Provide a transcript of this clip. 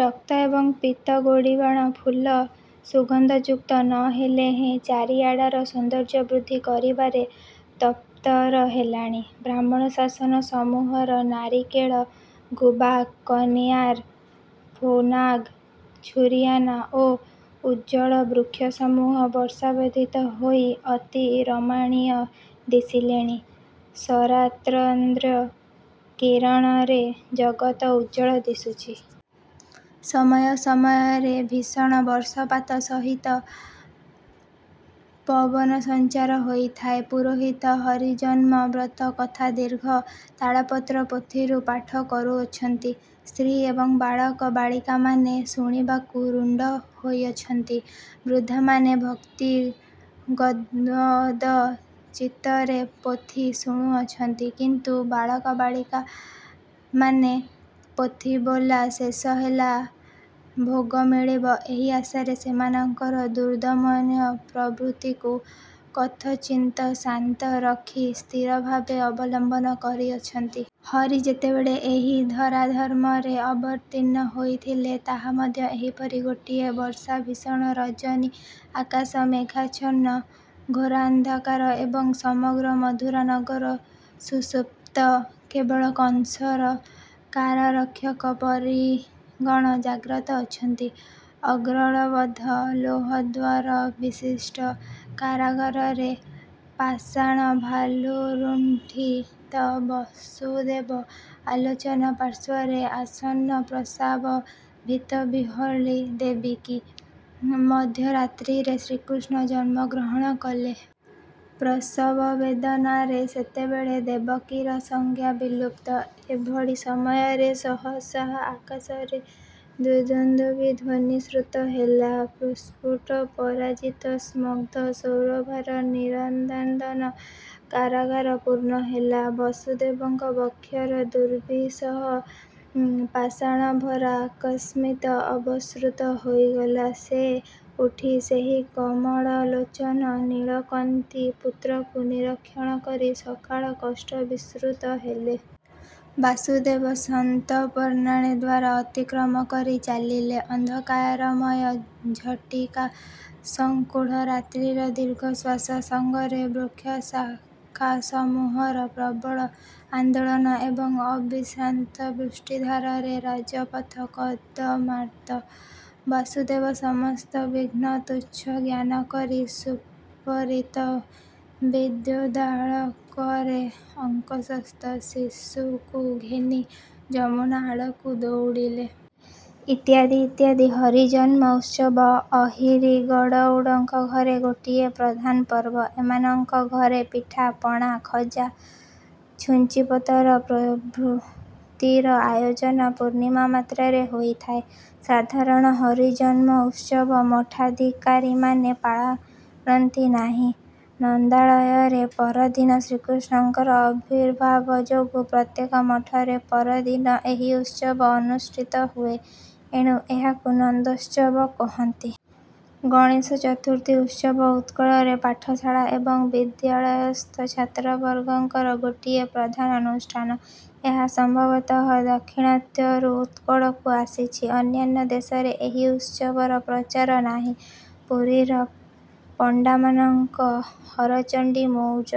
ରକ୍ତ ଏବଂ ପୀତ ଗୋଡ଼ିବାଣ ଫୁଲ ସୁଗନ୍ଧଯୁକ୍ତ ନ ହେଲେହେଁ ଚାରିଆଡ଼ର ସୌନ୍ଦର୍ଯ୍ୟବୃଦ୍ଧି କରିବାରେ ତତ୍ପର ହେଲେଣି। ବ୍ରାହ୍ମଣ ଶାସନ ସମୂହର ନାରିକେଳ, ଗୁବାକ, କନିଅର, ପୁନ୍ନାଗ, ଛୁରିଅନା, ଓ ଉଜ୍ଜଳ ବୃକ୍ଷସମୂହ ବର୍ଷାବୋଧିତ ହୋଇ ଅତି ରମଣୀୟ ଦିଶିଲେଣି। ଶରାତନ୍ଦ୍ର କିରଣରେ ଜଗତ୍ ଉଜ୍ଜ୍ୱଳ ଦିଶୁଛି। ସମୟ ସମୟରେ ଭୀଷଣ ବର୍ଷ ପାତ ସହିତ ପବନସଞ୍ଚାର ହୋଇଥାଏ। ପୁରୋହିତେ ହରିଜନ୍ମ ବ୍ରତ କଥା ଦୀର୍ଘ ତାଳପତ୍ର ପୋଥିରୁ ପାଠ କରୁଅଛନ୍ତି, ସ୍ତ୍ରୀ ଏବଂ ବାଳକ ବାଳିକାମାନେ ଶୁଣିବାକୁ ରୁଣ୍ଡ ହୋଇଅଛନ୍ତି। ବୃଦ୍ଧାମାନେ ଭକ୍ତି ଗଦ୍ଗଦ ଚିତ୍ତରେ ପୋଥି ଶୁଣୁଅଛନ୍ତି, କିନ୍ତୁ ବାଳକ ବାଳିକାମାନେ ପୋଥିବୋଲା ଶେଷ ହେଲେ ଭୋଗ ମିଳିବ ଏହି ଆଶାରେ ସେମାନଙ୍କର ଦୁର୍ଦମନୀୟ ପ୍ରବୃତ୍ତିକୁ କଥଞ୍ଚିତ୍ ଶାନ୍ତ ରଖି ସ୍ଥିରଭାବ ଅବଲମ୍ୱନ କରିଅଛନ୍ତି। ହରି ଯେତେବେଳେ ଏହି ଧରାଧାମରେ ଅବତୀର୍ଣ୍ଣ ହୋଇଥିଲେ ତାହା ମଧ୍ୟ ଏହିପରି ଗୋଟିଏ ବର୍ଷାଭୀଷଣ ରଜନୀ ଆକାଶ ମେଘାଚ୍ଛନ୍ନ, ଘୋରାନ୍ଧକାର ଏବଂ ସମଗ୍ର ମଥୁରା ନଗର ସୁଷୁପ୍ତ କେବଳ କଂସର କାରାରକ୍ଷକ ପ୍ରହରିଗଣ ଜାଗ୍ରତ ଅଛନ୍ତି। ଅର୍ଗଳବଦ୍ଧ ଲୌହଦ୍ୱାରବିଶିଷ୍ଠ କାରାଗାରରେ ପାଷାଣଭାରଲୁଣ୍ଠିତ ବସୁଦେବ ଅଚେତନ ପାର୍ଶ୍ୱରେ ଆସନ୍ନ ପ୍ରସବା ଭୀତିବିହ୍ୱଳା ଦେବକୀ; ମଧ୍ୟରାତ୍ରରେ ଶ୍ରୀକୃଷ୍ଣ ଜନ୍ମଗ୍ରହଣ କଲେ। ପ୍ରସବବେଦନାରେ ସେତେବେଳେ ଦେବକୀର ସଂଜ୍ଞା ବିଲୁପ୍ତ। ଏଭଳି ସମୟରେ ସହସହ ଆକାଶରେ ଦୁନ୍ଦୁଭି ଧ୍ୱନି ଶ୍ରୁତ ହେଲା, ପ୍ରସ୍ଫୁଟ ପାରିଜାତ ସ୍ନିଗ୍ଧ ସୌରଭରେ ନିରାନନ୍ଦ କାରାଗାର ପୂର୍ଣ୍ଣ ହେଲା, ବସୁଦେବଙ୍କ ବକ୍ଷର ଦୁର୍ବିସହ ପାଷାଣଭାର ଅକସ୍ମିତ୍ ଅବସୃତ ହୋଇଗଲା! ସେ ଉଠି ସେହି କମଳଲୋଚନ ନୀଳକାନ୍ତି ପୁତ୍ରକୁ ନିରୀକ୍ଷଣ କରି ସକାଳ କଷ୍ଟ ବିସ୍ମୃତ ହେଲେ। ବାସୁଦେବ ସନ୍ତର୍ପଣରେ ଦ୍ୱାର ଅତିକ୍ରମ କରି ଚାଲିଲେ। ଅନ୍ଧକାରମୟ, ଝଟିକା ସଂକୁଳ ରାତ୍ରିର ଦୀର୍ଘଶ୍ୱାସ ସଙ୍ଗରେ ବୃକ୍ଷଶାଖାସମୂହର ପ୍ରବଳ ଆନ୍ଦୋଳନ ଏବଂ ଅବିଶ୍ରାନ୍ତ ବୃଷ୍ଟିଧାରାରେ ରାଜପଥ କର୍ଦମାକ୍ତ। ବାସୁଦେବ ସମସ୍ତ ବିଘ୍ନ ତୁଚ୍ଛ ଜ୍ଞାନ କରି ସ୍ଫୁରିତ ବିଦ୍ୟୁଦାଲୋକରେ ଅଙ୍କସ୍ଥ ଶିଶୁକୁ ଘେନି ଯମୁନା ଆଡ଼କୁ ଦଉଡ଼ିଲେ। ଇତ୍ୟାଦି, ଇତ୍ୟାଦି। ହରିଜନ୍ମ ଉତ୍ସବ ଅହିରି ଗଉଡ଼ଙ୍କ ଘରେ ଗୋଟିଏ ପ୍ରଧାନ ପର୍ବ। ଏମାନଙ୍କ ଘରେ ପିଠା, ପଣା, ଖଜା, ଛୁଞ୍ଚିପତର ପ୍ରଭୃତିର ଆୟୋଜନ ପୂର୍ଣ୍ଣମାତ୍ରାରେ ହୋଇଥାଏ। ସାଧାରଣ ହରିଜନ୍ମ ଉତ୍ସବ ମଠାଧିକାରିମାନେ ପାଳନ୍ତି ନାହିଁ। ନନ୍ଦାଳୟରେ ପରଦିନ ଶ୍ରୀକୃଷ୍ଣଙ୍କର ଅବିର୍ଭାବ ଯୋଗୁଁ ପ୍ରତ୍ୟେକ ମଠରେ ପରଦିନ ଏହି ଉତ୍ସବ ଅନୁଷ୍ଠିତ ହୁଏ ଏଣୁ ଏହାକୁ ନନ୍ଦୋତ୍ସବ କହନ୍ତି। ଗଣେଶଚତୁର୍ଥୀ ଉତ୍ସବ ଉତ୍କଳରେ ପାଠଶାଳା ଏବଂ ବିଦ୍ୟାଳୟସ୍ଥ ଛାତ୍ରବର୍ଗଙ୍କର ଗୋଟିଏ ପ୍ରଧାନ ଅନୁଷ୍ଠାନ। ଏହା ସମ୍ଭବତଃ ଦାକ୍ଷିଣାତ୍ୟରୁ ଉତ୍କଳକୁ ଆସିଅଛି। ଅନ୍ୟାନ୍ୟ ଦେଶରେ ଏହି ଉତ୍ସବର ପ୍ରଚାର ନାହିଁ। ପୁରୀର ପଣ୍ଡାମାନଙ୍କ ହରଚଣ୍ଡୀ ମଉଜ